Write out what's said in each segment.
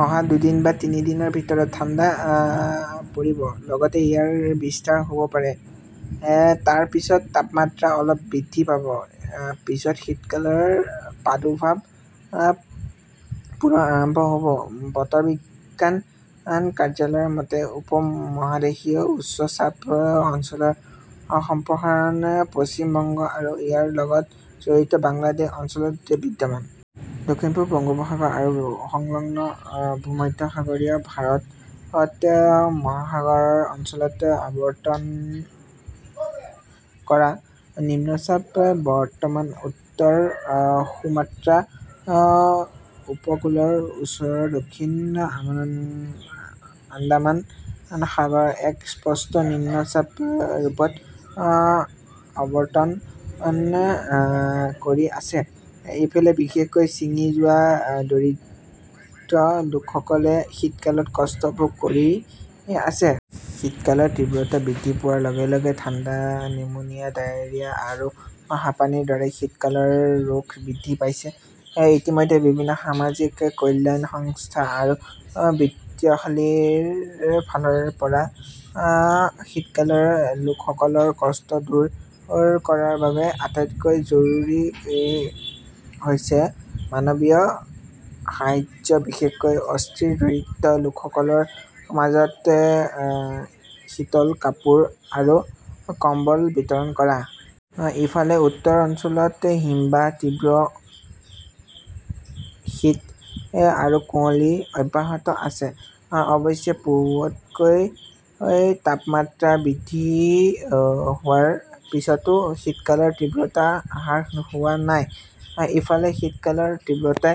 অহা দুদিন বা তিনি দিনৰ ভিতৰত ঠাণ্ডা পৰিব, লগতে ইয়াৰ বিস্তাৰ হʼব পাৰে। তাৰ পিছত তাপমাত্ৰা অলপ বৃদ্ধি পাব, পিছত শীতকালৰ প্ৰাদুৰ্ভাৱ পুনৰ আৰম্ভ হ 'ব। বতৰ বিজ্ঞান কাৰ্যালয়ৰ মতে, উপ-মহাদেশীয় উচ্চ চাপ অঞ্চলৰ সম্প্ৰসাৰণ পশ্চিম বংগ আৰু ইয়াৰ লগত জড়িত বাংলাদেশ অঞ্চলত বিদ্যমান। দক্ষিণ-পূব বংগোপসাগৰ আৰু সংলগ্ন ভূমধ্যসাগৰীয় ভাৰত মহাসাগৰ অঞ্চলত অৱতৰণ কৰা নিম্নচাপ বৰ্তমান উত্তৰ সুমাত্ৰা উপকূলৰ ওচৰৰ দক্ষিণ আন্দামান সাগৰত এক স্পষ্ট নিম্নচাপ ৰূপত অৱতৰণ কৰি আছে। ইফালে, বিশেষকৈ ছিঙি যোৱা দৰিদ্ৰ লোকসকলে শীতকালত কষ্ট ভোগ কৰি আছে। শীতকালৰ তীব্ৰতা বৃদ্ধি পোৱাৰ লগে লগে ঠাণ্ডা, নিউমোনিয়া, ডায়েৰিয়া আৰু হাঁপানিৰ দৰে শীতকালৰ ৰোগ বৃদ্ধি পাইছে। ইতিমধ্যে বিভিন্ন সামাজিক কল্যাণ সংস্থা আৰু বিত্তশালীৰ ফালৰ পৰা শীতকালৰ লোকসকলৰ কষ্ট দূৰ কৰাৰ বাবে আটাইতকৈ জৰুৰী হৈছে মানৱীয় সাহায্য, বিশেষকৈ অস্থিৰ দৰিদ্ৰ লোকসকলৰ মাজত শীতল কাপোৰ আৰু কম্বল বিতৰণ কৰা। ইফালে, উত্তৰ অঞ্চলত হিমবাহ, তীব্ৰ শীত আৰু কুঁৱলী অব্যাহত আছে। অৱশ্যে, পূৰ্বতকৈ তাপমাত্ৰা বৃদ্ধি হোৱাৰ পিছতো শীতকালৰ তীব্ৰতা হ্ৰাস হোৱা নাই। ইফালে, শীতকালৰ তীব্ৰতাই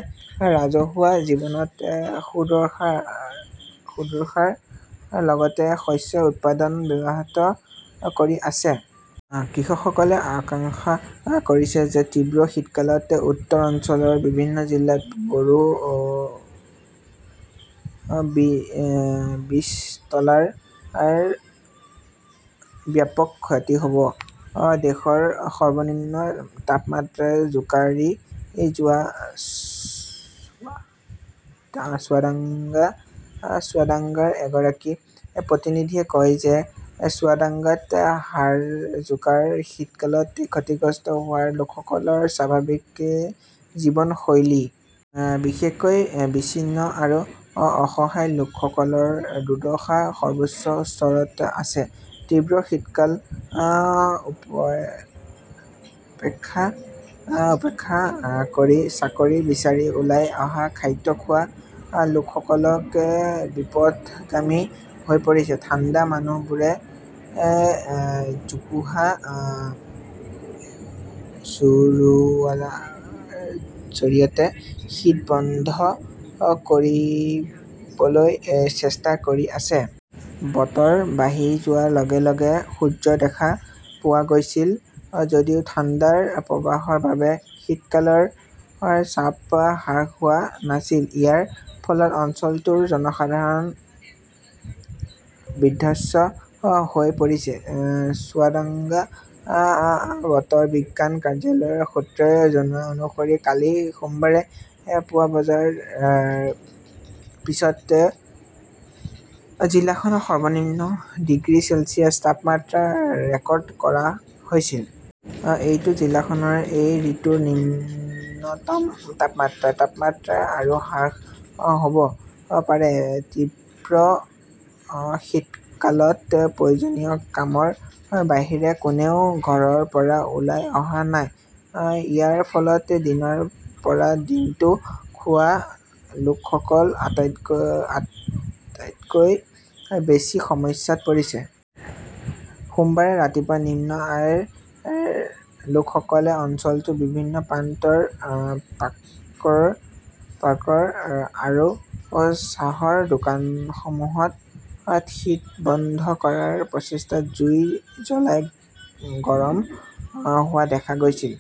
ৰাজহুৱা জীৱনত দুৰ্দশাৰ লগতে শস্য উৎপাদন ব্যাহত কৰি আছে। কৃষকসকলে আশংকা কৰিছে যে তীব্ৰ শীতকালত উত্তৰ অঞ্চলৰ বিভিন্ন জিলাত বৰো বীজতলাৰ ব্যাপক ক্ষতি হ 'ব। দেশৰ সৰ্বনিম্ন তাপমাত্ৰাত জোকাৰি যোৱা চুৱাদাংগা চুৱাদাংগাৰ এগৰাকী প্ৰতিনিধিয়ে কয় যে চুৱাদাংগাত হাড় জোকাৰা শীতকালত ক্ষতিগ্ৰস্ত হোৱা লোকসকলৰ স্বাভাৱিক জীৱনশৈলী। বিশেষকৈ বিচ্ছিন্ন আৰু অসহায় লোকসকলৰ দুৰ্দশা সৰ্বোচ্চ স্তৰত আছে। তীব্ৰ শীতকাল উপেক্ষা কৰি চাকৰি বিচাৰি ওলাই অহা খাদ্য খোৱা লোকসকল বিপথগামী হৈ পৰিছে। ঠাণ্ডা মানুহবোৰে জোপোহা জ্বলোৱাৰ জৰিয়তে শীত বন্ধ কৰিবলৈ চেষ্টা কৰি আছে। বতৰ বাঢ়ি যোৱাৰ লগে লগে সূৰ্য দেখা পোৱা গৈছিল যদিও ঠাণ্ডাৰ প্ৰবাহৰ বাবে শীতকালৰ চাপ হ্ৰাস হোৱা নাছিল। ইয়াৰ ফলত অঞ্চলটোৰ জনসাধাৰণ বিধ্বস্ত হৈ পৰিছে। চুৱাদাঙ্গা বতৰ বিজ্ঞান কাৰ্যালয়ৰ সূত্ৰই জনোৱা অনুসৰি কালি সোমবাৰে পুৱা বজাৰ পিছত জিলাখনৰ সৰ্বনিম্ন ডিগ্ৰী চেলছিয়াছ তাপমাত্ৰা ৰেকৰ্ড কৰা হৈছিল। এইটো জিলাখনৰ এই ঋতুৰ নিম্নতম তাপমাত্ৰা। তাপমাত্ৰা আৰু হ্ৰাস হ' ব পাৰে। তীব্ৰ শীতকালত প্ৰয়োজনীয় কামৰ বাহিৰে কোনেও ঘৰৰ পৰা ওলাই অহা নাই। ইয়াৰ ফলত দিনৰ পৰা দিনটো খোৱা লোকসকল আটাইতকৈ আটাইতকৈ বেছি সমস্যাত পৰিছে। সোমবাৰে ৰাতিপুৱা নিম্ন আয়ৰ লোকসকলে অঞ্চলটোৰ বিভিন্ন প্ৰান্তৰ পাৰ্কাৰ আৰু চাহৰ দোকানসমূহত শীত বন্ধ কৰাৰ প্ৰচেষ্টাত জুই জ্বলাই গৰম হোৱা দেখা গৈছিল।